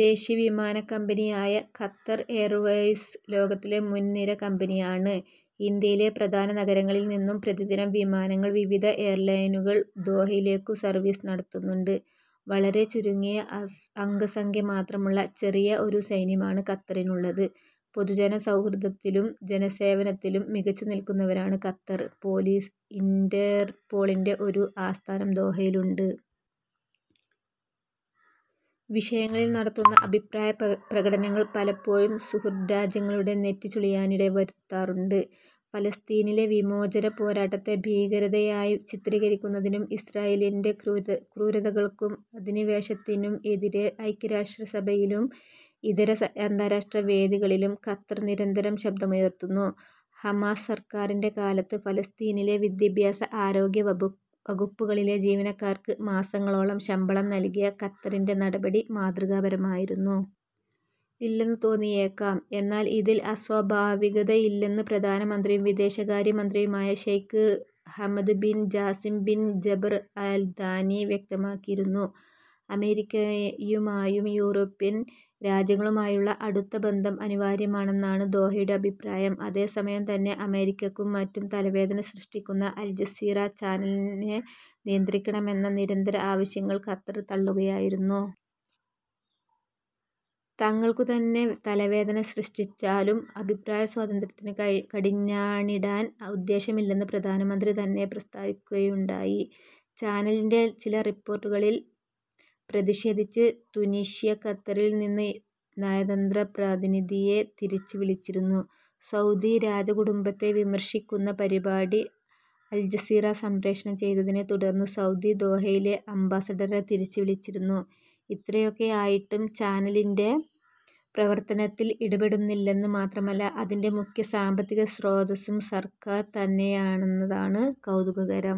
ദേശീയ വിമാനക്കമ്പനിയായ Qatar Airways ലോകത്തിലെ മുൻനിര കമ്പനിയാണ്. ഇന്ത്യയിലെ പ്രധാന നഗരങ്ങളിൽ നിന്നും പ്രതിദിനം വിമാനങ്ങൾ വിവിധ എയർലൈനുകൾ ദോഹയിലേക്കു സർവീസ് നടത്തുന്നുണ്ട്. വളരെ ചുരുങ്ങിയ അംഗസംഖ്യ മാത്രമുള്ള ചെറിയ ഒരു സൈന്യമാണ് ഖത്തറിനുള്ളത്. പൊതുജന സൗഹൃദത്തിലും ജനസേവനത്തിലും മികച്ചുനിൽക്കുന്നവരാണ് ഖത്തർ പോലീസ്. ഇന്റെർ പോളിന്റെ ഒരു ആസ്ഥാനം ദോഹയിലുണ്ട്. വിഷയങ്ങളിൽ നടത്തുന്ന അഭിപ്രായപ്രകടനങ്ങൾ പലപ്പോഴും സുഹൃദ് രാജ്യങ്ങളുടെ നെറ്റിചുളിയാനിടവരുത്താറുണ്ട്. ഫലസ്തീനിലെ വിമോചനപോരാട്ടത്തെ ഭീകരതയായി ചിത്രീകരിക്കുന്നതിനും ഇസ്രായേലിന്റെ ക്രൂരതകൾക്കും അധിനിവേശത്തിനും എതിരെ ഐക്യരാഷ്ട്രസഭയിലും ഇതര അന്താരാഷ്ട്രവേദികളിലും ഖത്തർ നിരന്തരം ശബ്ദമുയർത്തുന്നു. ഹമാസ് സർക്കാറിന്റെ കാലത്ത്ഫലസ്തീനിലെ വിദ്യാഭ്യാസ, ആരോഗ്യ വകുപ്പുകളിലെ ജീവനക്കാർക്ക് മാസങ്ങളോളം ശമ്പളം നൽകിയ ഖത്തറിന്റെ നടപടി മാതൃകാപരമായിരുന്നു. തോന്നിയേക്കാം. എന്നാൽ ഇതിൽ അസ്വാഭാവികതയില്ലെന്ന് പ്രധാനമന്ത്രിയും വിദേശകാര്യ മന്ത്രിയുമായ Sheikh Hamad bin Jassim bin Jaber Al Thani വ്യക്തമാക്കിയിരുന്നു. അമേരിക്കയുമായും യൂറോപ്യൻ രാജ്യങ്ങളുമായുമുള്ള അടുത്ത ബന്ധം അനിവാര്യമാണെന്നാണ് ദോഹയുടെ അഭിപ്രായം. അതേസമയം തന്നെ അമേരിക്കക്കും മറ്റും തലവേദന സൃഷ്ടിക്കുന്ന അൽജസീറ ചാനലിനെനിയന്ത്രിക്കണമെന്ന നിരന്തര ആവശ്യങ്ങൾ ഖത്തർ തള്ളുകയായിരുന്നു. തങ്ങൾക്കുതന്നെ തലവേദനസൃഷ്ടിച്ചാലും അഭിപ്രായ സ്വാതന്ത്ര്യത്തിന് കടിഞ്ഞാണിടാൻ ഉദ്ദേശ്യമില്ലെന്ന് പ്രധാനമന്ത്രി തന്നെ പ്രസ്താവിക്കുകയുണ്ടായി. ചാനലിന്റെ ചില റിപ്പോർട്ടുകളിൽ പ്രതിഷേധിച്ച് തുനീഷ്യ ഖത്തറിൽ നിന്ന് നയതന്ത്ര പ്രതിനിധിയെ തിരിച്ചുവിളിച്ചിരുന്നു. സൗദി രാജകുടുംബത്തെ വിമർശിക്കുന്ന പരിപാടി അൽജസീറ സംപ്രേഷണം ചെയ്തതിനെ തുടർന്ന് സൗദി ദോഹയിലെ അംബാസഡറെ തിരിച്ചുവിളിച്ചിരുന്നു. ഇത്രയൊക്കെയായിട്ടും ചാനലിന്റെ പ്രവർത്തനത്തിൽ ഇടപെടുന്നില്ലെന്ന് മാത്രമല്ല, അതിന്റെ മുഖ്യ സാമ്പത്തിക സ്രോതസ്സും സർക്കാർ തന്നെയാണെന്നതാണ് കൗതുകകരം.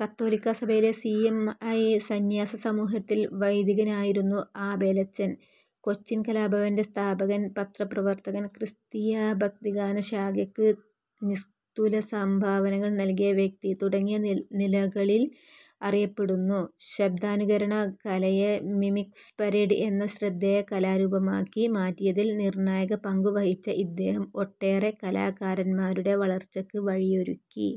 കത്തോലിക്കാ സഭയിലെ സി. എം. ഐ. സന്യാസ സമൂഹത്തിൽ വൈദികനായിരുന്നു ആബേലച്ചൻ. കൊച്ചിൻ കലാഭവന്റെ സ്ഥാപകൻ, പത്രപ്രവർത്തകൻ, ക്രിസ്തീയ ഭക്തിഗാന ശാഖക്ക് നിസ്തുല സംഭാവനകൾ നൽകിയ വ്യക്തി തുടങ്ങിയ നിലകളിൾ അറിയപ്പെടുന്നു. ശബ്ദാനുകരണ കലയെ മിമിക്സ് പരേഡ് എന്ന ശ്രദ്ധേയ കലാരൂപമാക്കി മാറ്റിയതിൽ നിർണായക പങ്കുവഹിച്ച ഇദ്ദേഹം ഒട്ടേറെ കലാകാരൻമാരുടെ വളർച്ചക്ക് വഴിയൊരുക്കി.